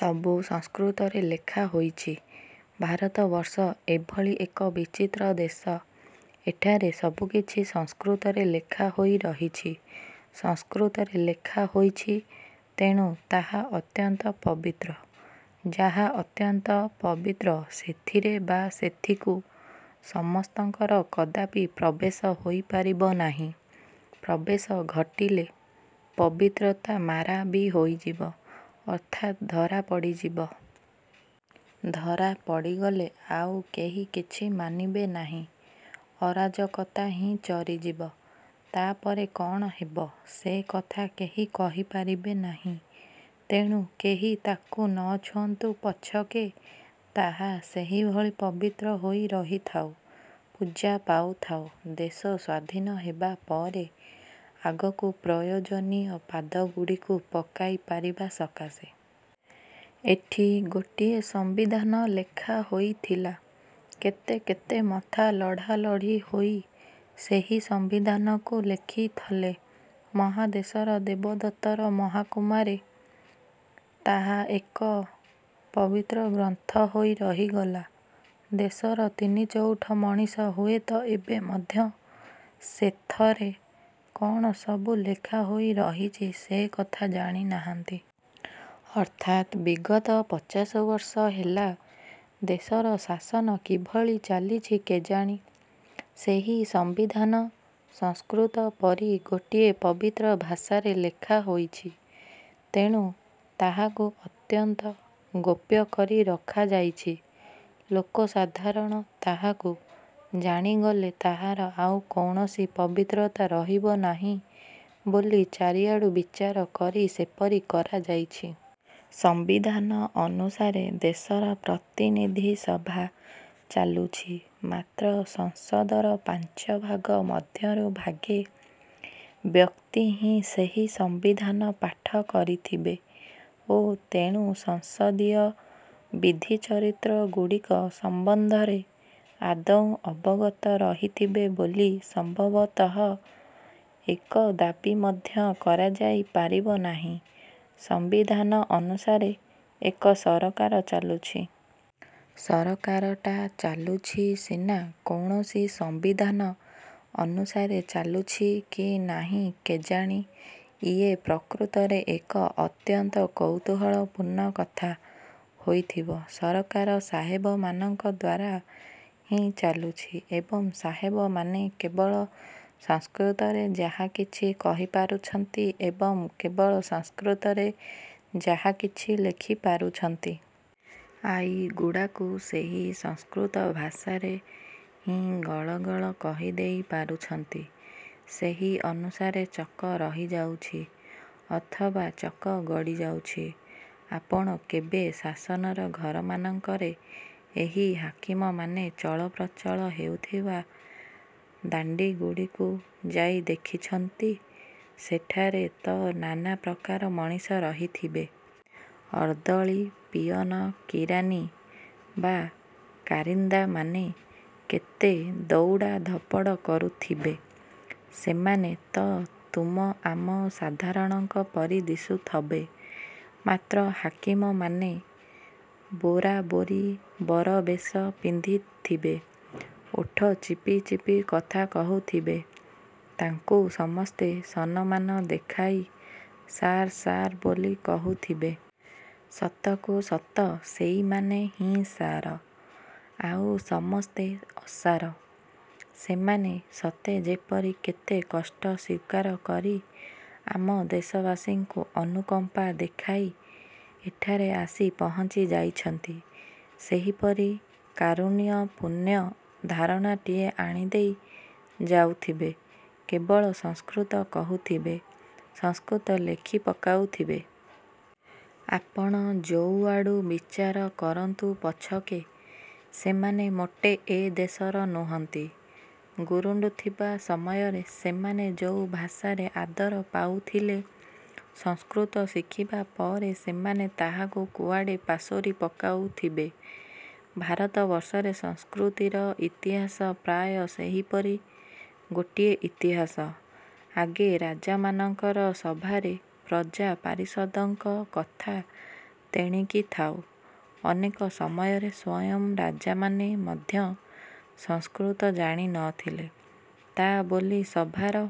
ସବୁ ସଂସ୍କୃତରେ ଲେଖାହୋଇଛି ଭାରତବର୍ଷ ଏଭଳି ଏକ ବିଚିତ୍ର ଦେଶ, ଏଠାରେ ସବୁକିଛି ସଂସ୍କୃତରେ ଲେଖାହୋଇ ରହିଛି। ସଂସ୍କୃତରେ ଲେଖା ହୋଇଛି ତେଣୁ ତାହା ଅତ୍ୟନ୍ତ ପବିତ୍ର। ଯାହା ଅତ୍ୟନ୍ତ ପବିତ୍ର, ସେଥିରେ ବା ସେଥିକୁ ସମସ୍ତଙ୍କର କଦାପି ପ୍ରବେଶ ହୋଇପାରିବ ନାହିଁ। ପ୍ରବେଶ ଘଟିଲେ ପବିତ୍ରତା ମାରା ବି ହୋଇଯିବ ଅର୍ଥାତ୍ ଧରା ପଡ଼ିଯିବ। ଧରା ପଡ଼ିଗଲେ ଆଉ କେହି କିଛି ମାନିବେ ନାହିଁ। ଅରାଜକତା ହିଁ ଚରିଯିବ। ତାପରେ କଣ ହେବ ସେକଥା କେହି କହିପାରିବେ ନାହିଁ। ତେଣୁ, କେହି ତାକୁ ନଛୁଅଁନ୍ତୁ ପଛକେ ତାହା ସେହିଭଳି ପବିତ୍ର ହୋଇ ରହିଥାଉ, ପୂଜା ପାଉଥାଉ। ଦେଶ ସ୍ୱାଧୀନ ହେବା ପରେ ଆଗକୁ ପ୍ରୟୋଜନୀୟ ପାଦଗୁଡ଼ିକୁ ପକାଇପାରିବା ସକାଶେ। ଏଠି ଗୋଟିଏ ସମ୍ବିଧାନ ଲେଖା ହୋଇଥିଲା। କେତେ କେତେ ମଥା ଲଢ଼ାଲଢ଼ି ହୋଇ ସେହି ସମ୍ବିଧାନକୁ ଲେଖିଥଲେ। ମହାଦେଶର ଦେବୋତ୍ତର ମହକୁମାରେ ତାହା ଏକ ପବିତ୍ର ଗ୍ରନ୍ଥ ହୋଇ ରହିଗଲା। ଦେଶର ତିନି ଚଉଠ ମଣିଷ ହୁଏତ ଏବେ ମଧ୍ୟ ସେଥରେ କଣ ସବୁ ଲେଖାହୋଇ ରହିଛି ସେକଥା ଜାଣିନାହାନ୍ତି। ଅର୍ଥାତ୍ ବିଗତ ପଚାଶବର୍ଷ ହେଲା ଦେଶର ଶାସନ କିଭଳି ଚାଲିଛି କେଜାଣି? ସେହି ସମ୍ବିଧାନ ସଂସ୍କୃତ ପରି ଗୋଟିଏ ପବିତ୍ର ଭାଷାରେ ଲେଖା ହୋଇଛି। ତେଣୁ, ତାହାକୁ ଅତ୍ୟନ୍ତ ଗୋପ୍ୟ କରି ରଖାଯାଇଛି। ଲୋକସାଧାରଣ ତାହାକୁ ଜାଣିଗଲେ ତାହାର ଆଉ କୌଣସି ପବିତ୍ରତା ରହିବନାହିଁ ବୋଲି ଚାରିଆଡ଼ୁ ବିଚାର କରି ସେପରି କରାଯାଇଛି। ସମ୍ବିଧାନ ଅନୁସାରେ ଦେଶର ପ୍ରତିନିଧି ସଭା ଚାଲୁଛି। ମାତ୍ର ସଂସଦର ପାଞ୍ଚଭାଗ ମଧ୍ୟରୁ ଭାଗେ ବ୍ୟକ୍ତି ହିଁ ସେହି ସମ୍ବିଧାନ ପାଠ କରିଥିବେ ଓ ତେଣୁ ସଂସଦୀୟ ବିଧିଚରିତ୍ରଗୁଡ଼ିକ ସମ୍ବନ୍ଧରେ ଆଦୌ ଅବଗତ ରହିଥିବେ ବୋଲି ସମ୍ଭବତଃ ଏକ ଦାବି ମଧ୍ୟ କରାଯାଇ ପାରିବନାହିଁ। ସମ୍ବିଧାନ ଅନୁସାରେ ଏକ ସରକାର ଚାଲୁଛି। ସରକାରଟା ଚାଲୁଛି ସିନା, କୌଣସି ସମ୍ବିଧାନ ଅନୁସାରେ ଚାଲୁଛି କି ନାହିଁ କେଜାଣି? ଇଏ ପ୍ରକୃତରେ ଏକ ଅତ୍ୟନ୍ତ କୌତୁହଳପୂର୍ଣ୍ଣ କଥା ହୋଇଥିବ। ସରକାର ସାହେବମାନଙ୍କ ଦ୍ୱାରା ହିଁ ଚାଲୁଛି। ଏବଂ ସାହେବମାନେ କେବଳ ସଂସ୍କୃତରେ ଯାହାକିଛି କହି ପାରୁଛନ୍ତି ଏବଂ କେବଳ ସଂସ୍କୃତରେ ଯାହାକିଛି ଲେଖି ପାରୁଛନ୍ତି। ଆଇଗୁଡ଼ାକୁ ସେହି ସଂସ୍କୃତ ଭାଷାରେ ହିଁ ଗଳ ଗଳ କହିଦେଇ ପାରୁଛନ୍ତି। ସେହି ଅନୁସାରେ ଚକ ରହିଯାଉଛି ଅଥବା ଚକ ଗଡ଼ିଯାଉଛି। ଆପଣ କେବେ ଶାସନର ଘରମାନଙ୍କରେ ଏହି ହାକିମମାନେ ଚଳପ୍ରଚଳ ହେଉଥିବା ଦାଣ୍ଡିଗୁଡ଼ିକୁ ଯାଇ ଦେଖିଛନ୍ତି? ସେଠାରେ ତ ନାନା ପ୍ରକାର ମଣିଷ ରହିଥିବେ। ଅର୍ଦ୍ଦଳି, ପିଅନ, କିରାନି ବା କାରିନ୍ଦାମାନେ କେତେ ଦଉଡ଼ା ଧପଡ଼ କରୁଥିବେ। ସେମାନେ ତ ତୁମ ଆମ ସାଧାରଣଙ୍କ ପରି ଦିଶୁଥବେ, ମାତ୍ର ହାକିମ ମାନେ ବୋରାବୋରି ବରବେଶ ପିନ୍ଧିଥିବେ, ଓଠ ଚିପି ଚିପି କଥା କହୁଥିବେ। ତାଙ୍କୁ ସମସ୍ତେ ସନମାନ ଦେଖାଇ ସାର୍ ସାର୍ ବୋଲି କହୁଥିବେ। ସତକୁ ସତ ସେଇମାନେ ହିଁ ସାର, ଆଉ ସମସ୍ତେ ଅସାର। ସେମାନେ ସତେ ଯେପରି କେତେ କଷ୍ଟ ସ୍ୱୀକାର କରି ଆମ ଦେଶବାସୀଙ୍କୁ ଅନୁକମ୍ପା ଦେଖାଇ ଏଠାରେ ଆସି ପହଞ୍ଚି ଯାଇଛନ୍ତି, ସେହିପରି କାରୁଣ୍ୟପୂର୍ଣ୍ଣ ଧାରଣାଟିଏ ଆଣିଦେଇ ଯାଉଥିବେ। କେବଳ ସଂସ୍କୃତ କହୁଥିବେ, ସଂସ୍କୃତ ଲେଖି ପକାଉଥିବେ। ଆପଣ ଯୋଉଆଡ଼ୁ ବିଚାର କରନ୍ତୁ ପଛକେ, ସେମାନେ ମୋଟେ ଏ ଦେଶର ନୁହନ୍ତି। ଗୁରୁଣ୍ଡୁଥିବା ସମୟରେ ସେମାନେ ଯୋଉ ଭାଷାରେ ଆଦର ପାଉଥିଲେ, ସଂସ୍କୃତ ଶିଖିବା ପରେ ସେମାନେ ତାହାକୁ କୁଆଡ଼େ ପାସୋରି ପକାଉଥିବେ। ଭାରତବର୍ଷରେ ସଂସ୍କୃତିର ଇତିହାସ ପ୍ରାୟ ସେହିପରି ଗୋଟିଏ ଇତିହାସ। ଆଗେ ରାଜାମାନଙ୍କର ସଭାରେ ପ୍ରଜା ପାରିଷଦଙ୍କ କଥା ତେଣିକି ଥାଉ, ଅନେକ ସମୟରେ ସ୍ୱୟଂ ରାଜାମାନେ ମଧ୍ୟ ସଂସ୍କୃତ ଜାଣିନଥିଲେ। ତା ବୋଲି ସଭାର